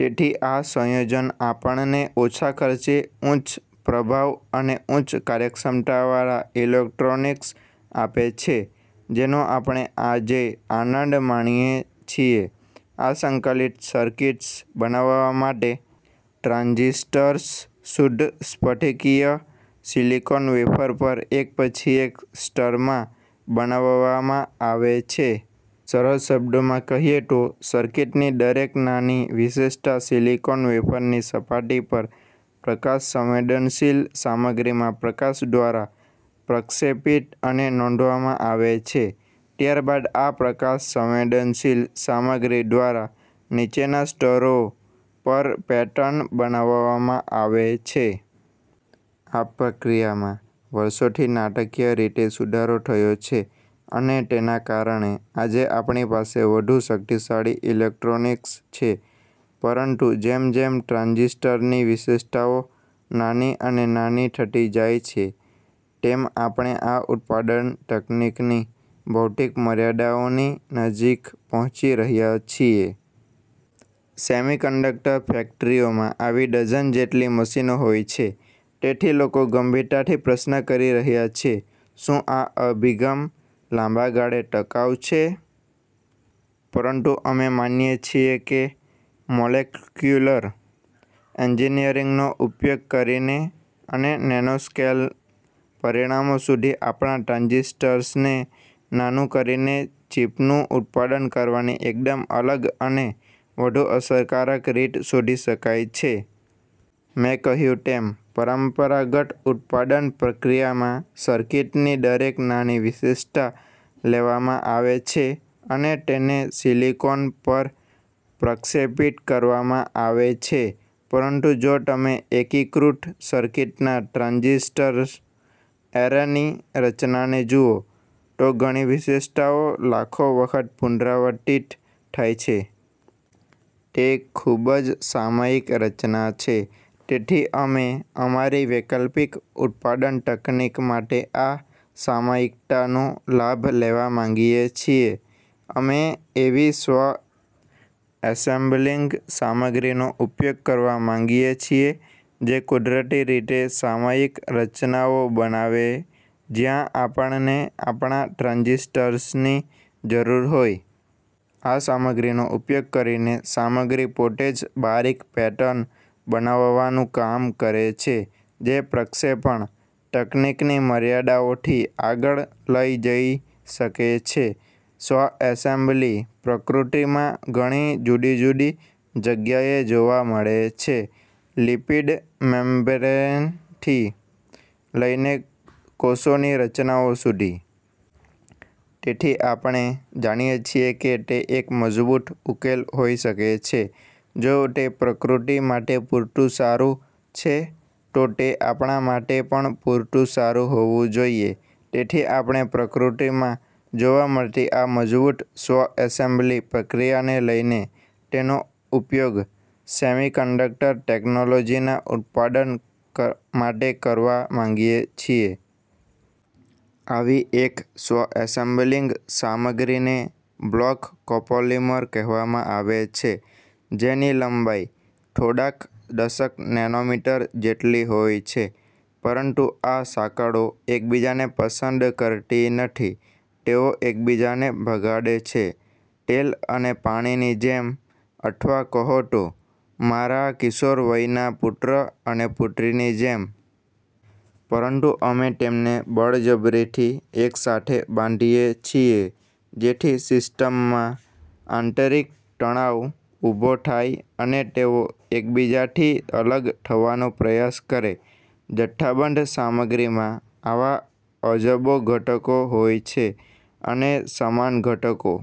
તેથી આ સંયોજન આપણને ઓછા ખર્ચે, ઉચ્ચ પ્રભાવ અને ઉચ્ચ કાર્યક્ષમતાવાળા ઇલેક્ટ્રોનિક્સ આપે છે, જેનો આપણે આજે આનંદ માણીએ છીએ. આ સંકલિત સર્કિટ્સ બનાવવા માટે, ટ્રાન્ઝિસ્ટર્સ શુદ્ધ સ્ફટિકીય સિલિકોન વેફર પર એક પછી એક સ્તરમાં બનાવવામાં આવે છે. સરળ શબ્દોમાં કહીએ તો, સર્કિટની દરેક નાની વિશેષતા સિલિકોન વેફરની સપાટી પર પ્રકાશ-સંવેદનશીલ સામગ્રીમાં પ્રકાશ દ્વારા પ્રક્ષેપિત અને નોંધવામાં આવે છે. ત્યારબાદ આ પ્રકાશ-સંવેદનશીલ સામગ્રી દ્વારા નીચેના સ્તરો પર પેટર્ન બનાવવામાં આવે છે. આ પ્રક્રિયામાં વર્ષોથી નાટકીય રીતે સુધારો થયો છે અને તેના કારણે આજે આપણી પાસે વધુ શક્તિશાળી ઇલેક્ટ્રોનિક્સ છે. પરંતુ જેમ જેમ ટ્રાન્ઝિસ્ટરની વિશેષતાઓ નાની અને નાની થતી જાય છે, તેમ આપણે આ ઉત્પાદન તકનીકની ભૌતિક મર્યાદાઓની નજીક પહોંચી રહ્યા છીએ. સેમિકન્ડક્ટર ફેક્ટરીઓમાં આવી ડઝન જેટલી મશીનો હોય છે. તેથી લોકો ગંભીરતાથી પ્રશ્ન કરી રહ્યા છે: શું આ અભિગમ લાંબા ગાળે ટકાઉ છે? પરંતુ અમે માનીએ છીએ કે મોલેક્યુલર એન્જિનિયરિંગનો ઉપયોગ કરીને અને નેનોસ્કેલ પરિમાણો સુધી આપણા ટ્રાન્ઝિસ્ટર્સને નાનું કરીને ચિપનું ઉત્પાદન કરવાની એકદમ અલગ અને વધુ અસરકારક રીત શોધી શકાય છે. મેં કહ્યું તેમ, પરંપરાગત ઉત્પાદન પ્રક્રિયામાં સર્કિટની દરેક નાની વિશેષતા લેવામાં આવે છે અને તેને સિલિકોન પર પ્રક્ષેપિત કરવામાં આવે છે. પરંતુ જો તમે એકીકૃત સર્કિટના ટ્રાન્ઝિસ્ટર એરેની રચનાને જુઓ, તો ઘણી વિશેષતાઓ લાખો વખત પુનરાવર્તિત થાય છે. તે ખૂબ જ સામયિક રચના છે. તેથી અમે અમારી વૈકલ્પિક ઉત્પાદન તકનીક માટે આ સામયિકતાનો લાભ લેવા માંગીએ છીએ. અમે એવી સ્વ-એસેમ્બલિંગ સામગ્રીનો ઉપયોગ કરવા માંગીએ છીએ, જે કુદરતી રીતે તે સામયિક રચનાઓ બનાવે, જ્યાં આપણને આપણા ટ્રાન્ઝિસ્ટર્સની જરૂર હોય. આ સામગ્રીનો ઉપયોગ કરીને, સામગ્રી પોતે જ બારીક પેટર્ન બનાવવાનું કામ કરે છે, જે પ્રક્ષેપણ તકનીકની મર્યાદાઓથી આગળ લઈ જઈ શકે છે. સ્વ-એસેમ્બલી પ્રકૃતિમાં ઘણી જુદી જુદી જગ્યાએ જોવા મળે છે, લિપિડ મેમ્બ્રેનથી લઈને કોષોની રચનાઓ સુધી. તેથી આપણે જાણીએ છીએ કે તે એક મજબૂત ઉકેલ હોઈ શકે છે. જો તે પ્રકૃતિ માટે પૂરતું સારું છે, તો તે આપણા માટે પણ પૂરતું સારું હોવું જોઈએ. તેથી આપણે પ્રકૃતિમાં જોવા મળતી આ મજબૂત સ્વ-એસેમ્બલી પ્રક્રિયાને લઈને તેનો ઉપયોગ સેમિકન્ડક્ટર ટેક્નોલોજીના ઉત્પાદન માટે કરવા માંગીએ છીએ. આવી એક સ્વ-એસેમ્બલિંગ સામગ્રીને બ્લોક કોપોલિમર કહેવામાં આવે છે, જેની લંબાઈ થોડાક દશક નેનોમીટર જેટલી હોય છે. પરંતુ આ સાંકળો એકબીજાને પસંદ કરતી નથી. તેઓ એકબીજાને ભગાડે છે, તેલ અને પાણીની જેમ અથવા, કહો તો, મારા કિશોરવયના પુત્ર અને પુત્રીની જેમ. પરંતુ અમે તેમને બળજબરીથી એકસાથે બાંધીએ છીએ, જેથી સિસ્ટમમાં આંતરિક તણાવ ઊભો થાય અને તેઓ એકબીજાથી અલગ થવાનો પ્રયાસ કરે. જથ્થાબંધ સામગ્રીમાં આવા અબજો ઘટકો હોય છે, અને સમાન ઘટકો...